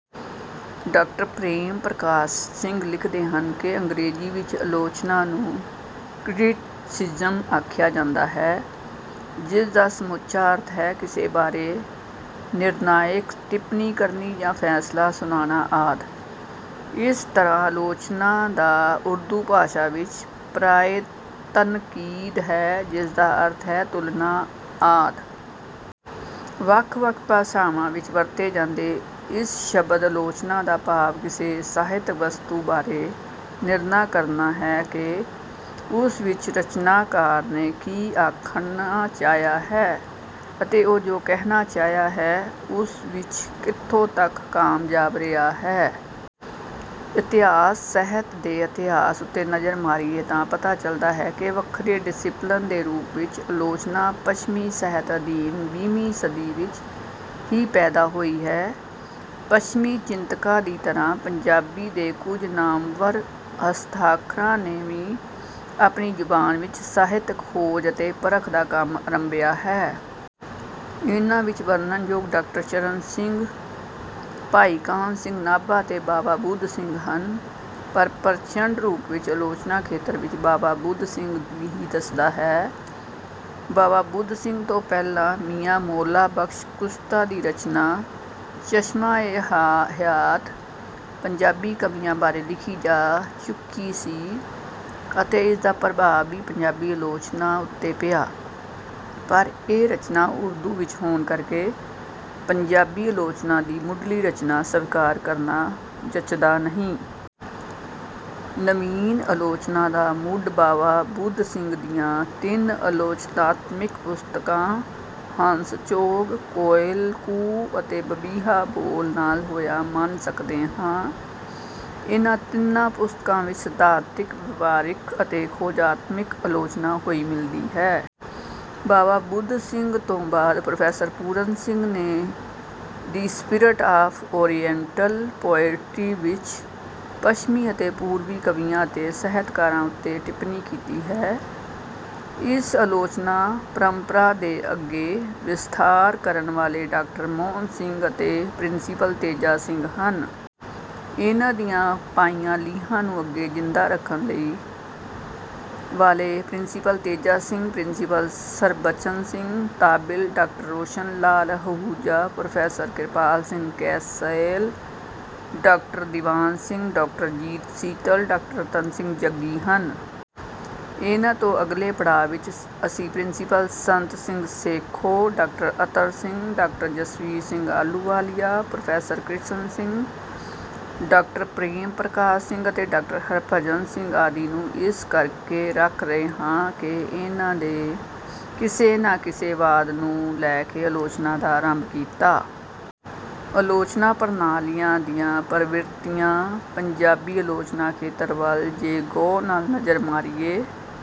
Doctor Prem Prakash Singh ਲਿਖਦੇ ਹਨ: ਅੰਗਰੇਜ਼ੀ ਵਿੱਚ ਆਲੋਚਨਾ ਨੂੰ "ਕ੍ਰਿਟਿਸਿਜ਼ਮ" ਆਖਿਆ ਜਾਂਦਾ ਹੈ, ਜਿਸਦਾ ਸਮੁੱਚਾ ਅਰਥ ਹੈ - ਕਿਸੇ ਬਾਰੇ ਨਿਰਣਾਇਕ ਟਿੱਪਣੀ ਕਰਨੀ ਜਾਂ ਫੈਸਲਾ ਸੁਣਾਉਣਾ ਆਦਿ। ਇਸ ਤਰ੍ਹਾਂ ਆਲੋਚਨਾ ਦਾ ਉਰਦੂ ਭਾਸ਼ਾ ਵਿੱਚ ਪਰਿਆਇ "ਤਨਕੀਦ" ਹੈ, ਜਿਸਦਾ ਅਰਥ ਹੈ: ਤੋਲਣਾ ਆਦਿ। ਵੱਖ-ਵੱਖ ਭਾਸ਼ਾਵਾਂ ਵਿੱਚ ਵਰਤੇ ਜਾਂਦੇ ਇਸ ਸ਼ਬਦ "ਆਲੋਚਨਾ" ਦਾ ਭਾਵ ਕਿਸੇ ਸਾਹਿਤਕ ਵਸਤੂ ਬਾਰੇ ਨਿਰਣਾ ਕਰਨਾ ਹੈ ਕਿ ਉਸ ਵਿੱਚ ਰਚਨਾਕਾਰ ਨੇ ਕੀ ਆਖਣਾ ਚਾਹਿਆ ਹੈ ਅਤੇ ਉਹ ਜੋ ਕਹਿਣਾ ਚਾਹਿਆ ਹੈ, ਉਸ ਵਿੱਚ ਕਿੱਥੋਂ ਤੱਕ ਕਾਮਯਾਬ ਰਿਹਾ ਹੈ। ਇਤਿਹਾਸ: ਸਾਹਿਤ ਦੇ ਇਤਿਹਾਸ ਉੱਤੇ ਨਜ਼ਰ ਮਾਰੀਏ ਤਾਂ ਪਤਾ ਚੱਲਦਾ ਹੈ ਕਿ ਵੱਖਰੇ ਡਿਸਿਪਲਿਨ ਦੇ ਰੂਪ ਵਿੱਚ ਆਲੋਚਨਾ ਪੱਛਮੀ ਸਾਹਿਤ ਅਧੀਨ ਵੀਹਵੀਂ ਸਦੀ ਵਿੱਚ ਹੀ ਪੈਦਾ ਹੋਈ ਹੈ। ਪੱਛਮੀ ਚਿੰਤਕਾਂ ਦੀ ਤਰ੍ਹਾਂ ਪੰਜਾਬੀ ਦੇ ਕੁਝ ਨਾਮਵਰ ਹਸਤਾਖਰਾਂ ਨੇ ਵੀ ਆਪਣੀ ਜ਼ੁਬਾਨ ਵਿੱਚ ਸਾਹਿਤਕ ਖੋਜ ਅਤੇ ਪਰਖ ਦਾ ਕੰਮ ਆਰੰਭਿਆ ਹੈ। ਇਹਨਾਂ ਵਿੱਚ ਵਰਣਨਯੋਗ ਡਾਕਟਰ ਚਰਨ ਸਿੰਘ, ਭਾਈ ਕਾਨ੍ਹ ਸਿੰਘ ਨਾਭਾ ਅਤੇ ਬਾਵਾ ਬੁੱਧ ਸਿੰਘ ਹਨ। ਪਰ ਪ੍ਰਚੰਡ ਰੂਪ ਵਿੱਚ ਆਲੋਚਨਾ ਖੇਤਰ ਵਿੱਚ ਬਾਵਾ ਬੁੱਧ ਸਿੰਘ ਹੀ ਦਸਦਾ ਹੈ। ਬਾਵਾ ਬੁੱਧ ਸਿੰਘ ਤੋਂ ਪਹਿਲਾਂ ਮੀਆਂ ਮੌਲਾ ਬਖ਼ਸ਼ ਕੁਸ਼ਤਾ ਦੀ ਰਚਨਾ "ਚਸ਼ਮਾ-ਏ-ਹਯਾਤ" ਪੰਜਾਬੀ ਕਵੀਆਂ ਬਾਰੇ ਲਿਖੀ ਜਾ ਚੁੱਕੀ ਸੀ ਅਤੇ ਇਸਦਾ ਪ੍ਰਭਾਵ ਵੀ ਪੰਜਾਬੀ ਆਲੋਚਨਾ ਉੱਤੇ ਪਿਆ, ਪਰ ਇਹ ਰਚਨਾ ਉਰਦੂ ਵਿੱਚ ਹੋਣ ਕਰਕੇ ਪੰਜਾਬੀ ਆਲੋਚਨਾ ਦੀ ਮੁੱਢਲੀ ਰਚਨਾ ਸਵੀਕਾਰ ਕਰਨਾ ਜੱਚਦਾ ਨਹੀਂ। ਨਵੀਨ ਆਲੋਚਨਾ ਦਾ ਮੁੱਢ ਬਾਵਾ ਬੁੱਧ ਸਿੰਘ ਦੀਆਂ ਤਿੰਨ ਆਲੋਚਨਾਤਮਕ ਪੁਸਤਕਾਂ "ਹੰਸ-ਚੋਗ", "ਕੋਇਲ ਕੂ" ਅਤੇ "ਬੰਬੀਹਾ ਬੋਲ" ਨਾਲ ਹੋਇਆ ਮੰਨ ਸਕਦੇ ਹਾਂ। ਇਹਨਾਂ ਤਿੰਨਾਂ ਪੁਸਤਕਾਂ ਵਿੱਚ ਸਿਧਾਂਤਕ, ਵਿਵਹਾਰਿਕ ਅਤੇ ਖੋਜਾਤਮਕ ਆਲੋਚਨਾ ਹੋਈ ਮਿਲਦੀ ਹੈ। ਬਾਵਾ ਬੁੱਧ ਸਿੰਘ ਤੋਂ ਬਾਅਦ ਪ੍ਰੋਫੈਸਰ ਪੂਰਨ ਸਿੰਘ ਨੇ "the spirit of oriental poetry" ਵਿੱਚ ਪੱਛਮੀ ਅਤੇ ਪੂਰਵੀ ਕਵੀਆਂ ਅਤੇ ਸਾਹਿਤਕਾਰਾਂ ਉੱਤੇ ਟਿੱਪਣੀ ਕੀਤੀ ਹੈ। ਇਸ ਆਲੋਚਨਾ ਪਰੰਪਰਾ ਦਾ ਅੱਗੇ ਵਿਸਥਾਰ ਕਰਨ ਵਾਲੇ ਡਾਕਟਰ ਮੋਹਨ ਸਿੰਘ ਅਤੇ ਪ੍ਰਿੰਸੀਪਲ ਤੇਜਾ ਸਿੰਘ ਹਨ। ਇਨ੍ਹਾਂ ਦੀਆਂ ਪਾਈਆਂ ਲੀਹਾਂ ਨੂੰ ਅੱਗੇ ਜਿੰਦਾ ਰੱਖਣ ਵਾਲੇ principal Teja Singh, principal Sharbachan Singh Talib, doctor Roshan Lal Ahuja, professor Kirpal Singh Kasel, doctor Diwan Singh, doctor Jeet Sheetal, doctor Ratan Singh Jaggi ਹਨ। ਇਨ੍ਹਾਂ ਤੋਂ ਅਗਲੇ ਪੜਾਅ ਵਿੱਚ ਅਸੀਂ principal Sant Singh Sekhon, doctor Attar Singh, doctor Jasvir Singh Ahluwalia, professor Krishan Singh, doctor Prem Prakash Singh ਅਤੇ ਡਾਕਟਰ ਹਰਿਭਜਨ ਸਿੰਘ ਆਦਿ ਨੂੰ ਇਸ ਕਰਕੇ ਰੱਖ ਰਹੇ ਹਾਂ ਕਿ ਇਹਨਾਂ ਨੇ ਕਿਸੇ ਨਾ ਕਿਸੇ ਵਾਦ ਨੂੰ ਲੈ ਕੇ ਆਲੋਚਨਾ ਦਾ ਆਰੰਭ ਕੀਤਾ। ਆਲੋਚਨਾ ਪ੍ਰਣਾਲੀਆਂ ਜਾਂ ਪ੍ਰਵਿਰਤੀਆਂ: ਪੰਜਾਬੀ ਆਲੋਚਨਾ ਖੇਤਰ ਵੱਲ ਜੇ ਗਹੁ ਨਾਲ ਨਜ਼ਰ ਮਾਰੀਏ,